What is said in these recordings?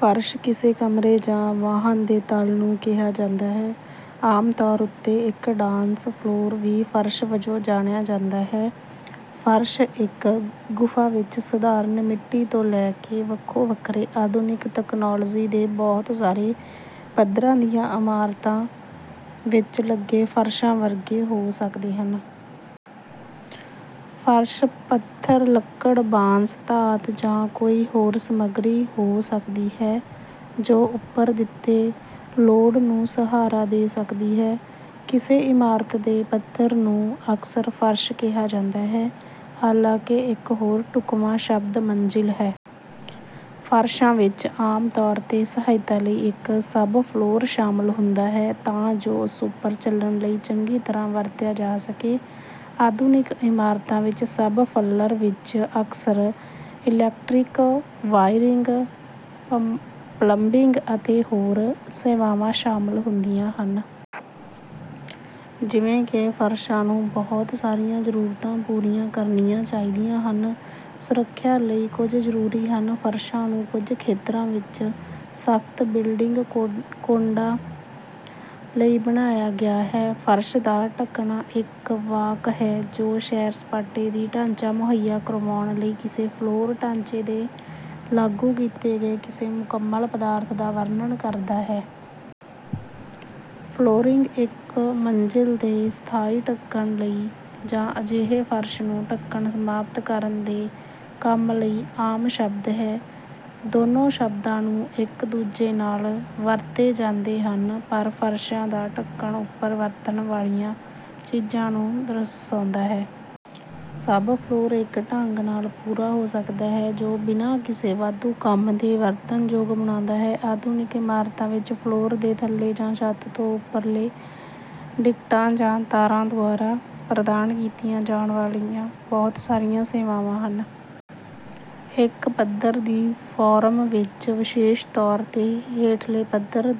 ਫ਼ਰਸ਼ ਕਿਸੇ ਕਮਰੇ ਜਾਂ ਵਾਹਨ ਦੇ ਤਲ ਨੂੰ ਕਿਹਾ ਜਾਂਦਾ ਹੈ। ਆਮ ਤੌਰ ਉੱਤੇ ਇੱਕ ਡਾਂਸ ਫਲੋਰ ਵੀ ਫ਼ਰਸ਼ ਵਜੋਂ ਜਾਣਿਆ ਜਾਂਦਾ ਹੈ। ਫ਼ਰਸ਼ ਇੱਕ ਗੁਫਾ ਵਿੱਚ ਸਾਧਾਰਨ ਮਿੱਟੀ ਤੋਂ ਲੈ ਕੇ ਵੱਖੋ ਵੱਖਰੇ ਆਧੁਨਿਕ ਤਕਨਾਲੋਜੀ ਦੇ ਬਹੁਤ ਸਾਰੇ ਪੱਧਰਾਂ ਦੀਆਂ ਇਮਾਰਤਾਂ ਵਿੱਚ ਲੱਗੇ ਫ਼ਰਸ਼ਾਂ ਵਰਗੇ ਹੋ ਸਕਦੇ ਹਨ। ਫ਼ਰਸ਼ ਪੱਥਰ ਲੱਕੜ ਬਾਂਸ ਧਾਤ ਜਾਂ ਕੋਈ ਹੋਰ ਸਾਮੱਗਰੀ ਹੋ ਸਕਦੀ ਹੈ ਜੋ ਉੱਪਰ ਦਿੱਤੇ ਲੋਡ ਨੂੰ ਸਹਾਰਾ ਦੇ ਸਕਦੀ ਹੈ। ਕਿਸੇ ਇਮਾਰਤ ਦੇ ਪੱਧਰ ਨੂੰ ਅਕਸਰ ਫ਼ਰਸ਼ ਕਿਹਾ ਜਾਂਦਾ ਹੈ ਹਾਲਾਂਕਿ ਇੱਕ ਹੋਰ ਢੁੱਕਵਾਂ ਸ਼ਬਦ ਮੰਜ਼ਿਲ ਹੈ। ਫ਼ਰਸ਼ਾਂ ਵਿੱਚ ਆਮ ਤੌਰ ਤੇ ਸਹਾਇਤਾ ਲਈ ਇੱਕ ਸਬਫਲੋਰ ਸ਼ਾਮਲ ਹੁੰਦਾ ਹੈ ਤਾਂ ਜੋ ਉਸ ਉੱਪਰ ਚਲਣ ਲਈ ਚੰਗੀ ਤਰਾਂ ਵਰਤਿਆ ਜਾ ਸਕੇ। ਆਧੁਨਿਕ ਇਮਾਰਤਾਂ ਵਿੱਚ ਸਬਫਲਰ ਵਿੱਚ ਅਕਸਰ ਇਲੈਕਟ੍ਰਿਕ ਵਾਇਰਿੰਗ ਪਲੰਬਿੰਗ ਅਤੇ ਹੋਰ ਸੇਵਾਵਾਂ ਸ਼ਾਮਲ ਹੁੰਦੀਆਂ ਹਨ। ਜਿਵੇਂ ਕਿ ਫ਼ਰਸ਼ਾਂ ਨੂੰ ਬਹੁਤ ਸਾਰੀਆਂ ਜ਼ਰੂਰਤਾਂ ਪੂਰੀਆਂ ਕਰਨੀਆਂ ਚਾਹੀਦੀਆਂ ਹਨ ਸੁਰੱਖਿਆ ਲਈ ਕੁਝ ਜਰੂਰੀ ਹਨ ਫ਼ਰਸ਼ਾਂ ਨੂੰ ਕੁਝ ਖੇਤਰਾਂ ਵਿੱਚ ਸਖ਼ਤ ਬਿਲਡਿੰਗ ਕੋਡਾਂ ਲਈ ਬਣਾਇਆ ਗਿਆ ਹੈ। ਫ਼ਰਸ਼ ਦਾ ਢੱਕਣਾ ਇੱਕ ਵਾਕ ਹੈ ਜੋ ਸੈਰ ਸਪਾਟੇ ਦੀ ਢਾਂਚਾ ਮੁਹੱਈਆ ਕਰਾਉਣ ਲਈ ਕਿਸੇ ਫਲੋਰ ਢਾਂਚੇ ਤੇ ਲਾਗੂ ਕੀਤੇ ਗਏ ਕਿਸੇ ਮੁਕੰਮਲ ਪਦਾਰਥ ਦਾ ਵਰਣਨ ਕਰਦਾ ਹੈ। ਫਲੋਰਿੰਗ ਇੱਕ ਮੰਜ਼ਲ ਦੇ ਸਥਾਈ ਢੱਕਣ ਲਈ ਜਾਂ ਅਜਿਹੇ ਫ਼ਰਸ਼ ਨੂੰ ਢੱਕਣ ਸਥਾਪਤ ਕਰਨ ਦੇ ਕੰਮ ਲਈ ਆਮ ਸ਼ਬਦ ਹੈ। ਦੋਨੋ ਸ਼ਬਦਾਂ ਨੂੰ ਇੱਕ ਦੂਜੇ ਨਾਲ ਵਰਤੇ ਜਾਂਦੇ ਹਨ ਪਰ ਫ਼ਰਸ਼ਾਂ ਦਾ ਢੱਕਣ ਉੱਪਰ ਵਰਤਣ ਵਾਲੀਆਂ ਚੀਜ਼ਾਂ ਨੂੰ ਦਰਸਾਉਂਦਾ ਹੈ। ਸਬਫੋਰਰ ਇੱਕ ਢੰਗ ਨਾਲ ਪੂਰਾ ਹੋ ਸਕਦਾ ਹੈ ਜੋ ਬਿਨਾਂ ਕਿਸੇ ਵਾਧੂ ਕੰਮ ਦੇ ਵਰਤਣ ਯੋਗ ਬਣਾਉਂਦਾ ਹੈ। ਆਧੁਨਿਕ ਇਮਾਰਤਾਂ ਵਿੱਚ ਫਲੋਰ ਦੇ ਥੱਲੇ ਜਾਂ ਛੱਤ ਤੋਂ ਉੱਪਰਲੇ ਡਿਕਟਾਂ ਜਾਂ ਤਾਰਾਂ ਦੁਆਰਾ ਪ੍ਰਦਾਨ ਕੀਤੀਆਂ ਜਾਣ ਵਾਲੀਆਂ ਬਹੁਤ ਸਾਰੀਆਂ ਸੇਵਾਵਾਂ ਹਨ। ਇੱਕ ਪੱਧਰ ਦੀ ਫੋਰਮ ਵਿੱਚ ਵਿਸ਼ੇਸ਼ ਤੌਰ ਤੇ ਹੇਠਲੇ ਪੱਧਰ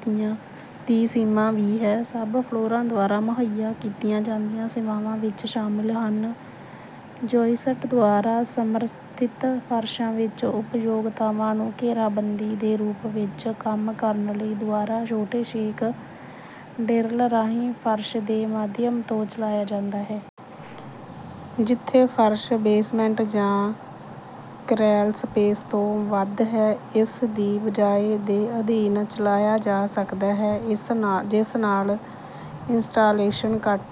ਦੀ ਸੀਮਾ ਵੀ ਹੈ। ਸਬ ਫਲੋਰਾਂ ਦੁਆਰਾ ਮੁਹੱਈਆ ਕੀਤੀਆਂ ਜਾਂਦੀਆਂ ਸੇਵਾਵਾਂ ਵਿੱਚ ਸ਼ਾਮਲ ਹਨ ਜੌਈਸਟ ਦੁਆਰਾ ਸਮਰਥਿਤ ਫ਼ਰਸ਼ਾਂ ਵਿੱਚ ਉਪਯੋਗਤਾਵਾਂ ਨੂੰ ਘੇਰਾਬੰਦੀ ਦੇ ਰੂਪ ਵਿੱਚ ਕੰਮ ਕਰਨ ਲਈ ਦੁਆਰਾ ਛੋਟੇ ਛੇਕ ਡਿਰਲ ਰਾਹੀਂ ਫ਼ਰਸ਼ ਦੇ ਮਾਧਿਅਮ ਤੋਂ ਚਲਾਇਆ ਜਾਂਦਾ ਹੈ। ਜਿੱਥੇ ਫ਼ਰਸ਼ ਬੇਸਮੈਂਟ ਜਾਂ ਕ੍ਰੈੱਲਸਪੇਸ ਤੋਂ ਵੱਧ ਹੈ ਇਸ ਦੀ ਬਜਾਏ ਦੇ ਅਧੀਨ ਚਲਾਇਆ ਜਾ ਸਕਦਾ ਹੈ ਜਿਸ ਨਾਲ ਇੰਸਟਾਲੇਸ਼ਨ ਘੱਟ